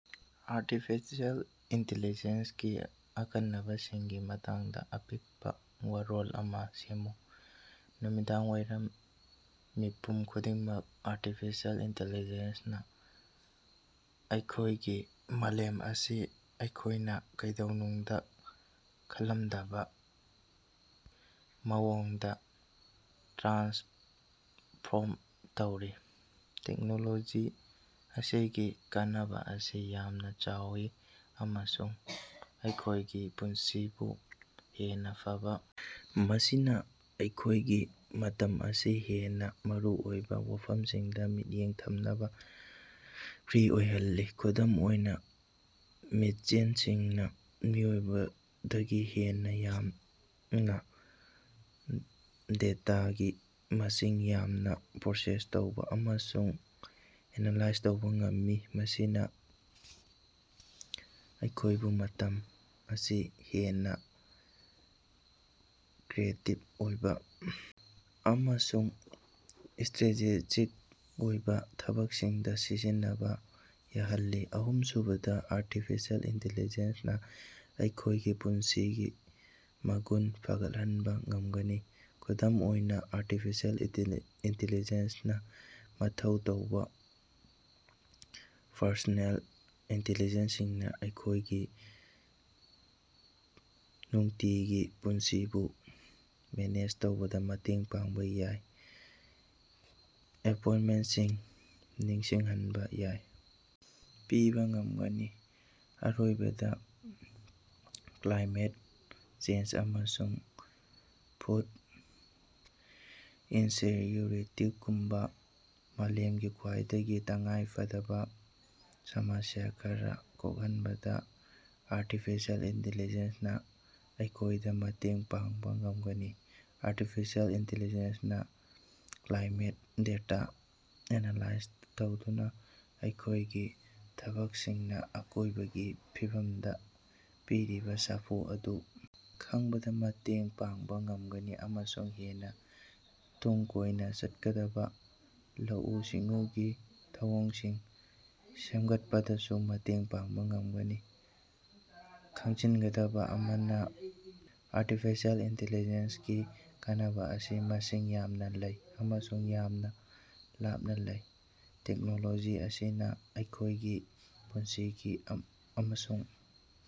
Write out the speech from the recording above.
Artificial ꯏꯟꯇꯦꯂꯤꯖꯦꯟꯁꯀꯤ ꯑꯀꯟꯅꯕꯁꯤꯡꯒꯤ ꯃꯇꯥꯡꯗ ꯑꯄꯤꯛꯄ ꯋꯥꯔꯣꯜ ꯑꯃ ꯁꯦꯝꯃꯨ꯫ ꯅꯨꯃꯤꯗꯥꯡꯋꯥꯏꯔꯝ ꯃꯤꯄꯨꯝ ꯈꯨꯗꯤꯡꯃꯛ, ꯑꯥꯔꯇꯤꯐꯤꯁꯤꯑꯦꯜ ꯏꯟꯇꯤꯂꯤꯖꯦꯟꯁꯅꯥ ꯑꯩꯈꯣꯌꯒꯤ ꯃꯥꯂꯦꯝ ꯑꯁꯤ ꯑꯩꯈꯣꯌꯅ ꯀꯩꯗꯧꯅꯨꯡꯗ ꯈꯜꯂꯝꯗꯕ ꯃꯑꯣꯡꯗ ꯇ꯭ꯔꯥꯟꯁꯐꯣꯔꯝ ꯇꯧꯔꯤ꯫ ꯇꯦꯛꯅꯣꯂꯣꯖꯤ ꯑꯁꯤꯒꯤ ꯀꯥꯟꯅꯕ ꯑꯁꯤ ꯌꯥꯝꯅ ꯆꯥꯎꯏ ꯑꯃꯁꯨꯡ ꯑꯩꯈꯣꯌꯒꯤ ꯄꯨꯟꯁꯤꯕꯨ ꯍꯦꯟꯅ ꯐꯕ ꯃꯁꯤꯅ ꯑꯩꯈꯣꯌꯒꯤ ꯃꯇꯝ ꯑꯁꯤ ꯍꯦꯟꯅ ꯃꯔꯨꯑꯣꯏꯕ ꯋꯥꯐꯝꯁꯤꯡꯗ ꯃꯤꯠꯌꯦꯡ ꯊꯝꯅꯕ ꯐ꯭ꯔꯤ ꯑꯣꯏꯍꯜꯂꯤ꯫ ꯈꯨꯗꯝ ꯑꯣꯏꯅ, ꯃꯦꯆꯤꯟꯁꯤꯡꯅ ꯃꯤꯑꯣꯏꯕꯗꯒꯤ ꯍꯦꯟꯅ ꯌꯥꯝꯅ ꯗꯦꯇꯥꯒꯤ ꯃꯁꯤꯡ ꯌꯥꯝꯅ ꯄ꯭ꯔꯣꯁꯦꯁ ꯇꯧꯕ ꯑꯃꯁꯨꯡ ꯑꯦꯅꯥꯂꯥꯏꯖ ꯇꯧꯕ ꯉꯝꯃꯤ, ꯃꯁꯤꯅ ꯑꯩꯈꯣꯏꯕꯨ ꯃꯇꯝ ꯑꯁꯤ ꯍꯦꯟꯅ ꯀ꯭ꯔꯤꯌꯦꯇꯤꯕ ꯑꯣꯏꯕ ꯑꯃꯁꯨꯡ ꯁ꯭ꯇꯔꯦꯖꯦꯖꯤꯛ ꯑꯣꯏꯕ ꯊꯕꯛꯁꯤꯡꯗ ꯁꯤꯖꯤꯟꯅꯕ ꯌꯥꯍꯜꯂꯤ꯫ ꯑꯍꯨꯝꯁꯨꯕꯗ, ꯑꯥꯔꯇꯤꯐꯤꯁꯤꯑꯦꯜ ꯏꯟꯇꯤꯂꯤꯖꯦꯟꯁꯅꯥ ꯑꯩꯈꯣꯌꯒꯤ ꯄꯨꯟꯁꯤꯒꯤ ꯃꯒꯨꯟ ꯐꯒꯠꯍꯟꯕ ꯉꯝꯒꯅꯤ꯫ ꯈꯨꯗꯝ ꯑꯣꯏꯅ, ꯑꯥꯔꯇꯤꯐꯤꯁꯤꯑꯦꯜ ꯏꯟꯇꯤꯂꯤ ꯏꯟꯇꯤꯂꯤꯖꯦꯟꯁꯅꯥ ꯃꯊꯧ ꯇꯧꯕ ꯄꯔꯁꯣꯅꯦꯜ ꯏꯟꯇꯤꯂꯤꯖꯦꯟꯁꯁꯤꯡꯅ ꯑꯩꯈꯣꯌꯒꯤ ꯅꯨꯡꯇꯤꯒꯤ ꯄꯨꯟꯁꯤꯕꯨ ꯃꯦꯅꯦꯖ ꯇꯧꯕꯗ ꯃꯇꯦꯡ ꯄꯥꯡꯕ ꯌꯥꯏ, ꯑꯦꯄꯣꯏꯟꯇꯃꯦꯟꯇꯁꯤꯡ ꯅꯤꯡꯁꯤꯡꯍꯟꯕ ꯌꯥꯏ, ꯄꯤꯕ ꯉꯝꯒꯅꯤ꯫ ꯑꯔꯣꯏꯕꯗ, ꯀ꯭ꯂꯥꯏꯃꯦꯠ ꯆꯦꯟꯖ ꯑꯃꯁꯨꯡ ꯐꯨꯗ ꯏꯟꯁꯦꯛꯌꯨꯔꯤꯇꯤꯒꯨꯝꯕ ꯃꯥꯂꯦꯝꯒꯤ ꯈ꯭ꯋꯥꯏꯗꯒꯤ ꯇꯉꯥꯏꯐꯗꯕ ꯁꯃꯁ꯭ꯌ ꯈꯔ ꯀꯣꯛꯍꯟꯕꯗ ꯑꯥꯔꯇꯤꯐꯤꯁꯤꯑꯦꯜ ꯏꯟꯇꯤꯂꯤꯖꯦꯟꯁꯅꯥ ꯑꯩꯈꯣꯌꯗ ꯃꯇꯦꯡ ꯄꯥꯡꯕ ꯉꯝꯒꯅꯤ꯫ ꯑꯥꯔꯇꯤꯐꯤꯁꯤꯑꯦꯜ ꯏꯟꯇꯤꯂꯤꯖꯦꯟꯁꯅꯥ ꯀ꯭ꯂꯥꯏꯃꯦꯠ ꯗꯦꯇꯥ ꯑꯦꯅꯥꯂꯥꯏꯖ ꯇꯧꯗꯨꯅ ꯑꯩꯈꯣꯌꯒꯤ ꯊꯕꯛꯁꯤꯡꯅ ꯑꯀꯣꯌꯕꯒꯤ ꯐꯤꯕꯝꯗ ꯄꯤꯔꯤꯕ ꯁꯥꯐꯨ ꯑꯗꯨ ꯈꯪꯕꯗ ꯃꯇꯦꯡ ꯄꯥꯡꯕ ꯉꯝꯒꯅꯤ, ꯑꯃꯁꯨꯡ ꯍꯦꯟꯅ ꯇꯨꯡ ꯀꯣꯏꯅ ꯆꯠꯀꯗꯕ ꯂꯧꯎ-ꯁꯤꯡꯎꯒꯤ ꯊꯧꯑꯣꯡꯁꯤꯡ ꯁꯦꯝꯒꯠꯄꯗꯁꯨ ꯃꯇꯦꯡ ꯄꯥꯡꯕ ꯉꯝꯒꯅꯤ꯫ ꯈꯪꯖꯤꯟꯒꯗꯕ ꯑꯃꯅ, ꯑꯥꯔꯇꯤꯐꯤꯁꯤꯑꯦꯜ ꯏꯟꯇꯤꯂꯤꯖꯦꯟꯁꯒꯤ ꯀꯥꯟꯅꯕ ꯑꯁꯤ ꯃꯁꯤꯡ ꯌꯥꯝꯅ ꯂꯩ ꯑꯃꯁꯨꯡ ꯌꯥꯝꯅ ꯂꯥꯞꯅ ꯂꯩ꯫ ꯇꯦꯛꯅꯣꯂꯣꯖꯤ ꯑꯁꯤꯅ ꯑꯩꯈꯣꯌꯒꯤ ꯄꯨꯟꯁꯤꯒꯤ ꯑꯃꯁꯨꯡ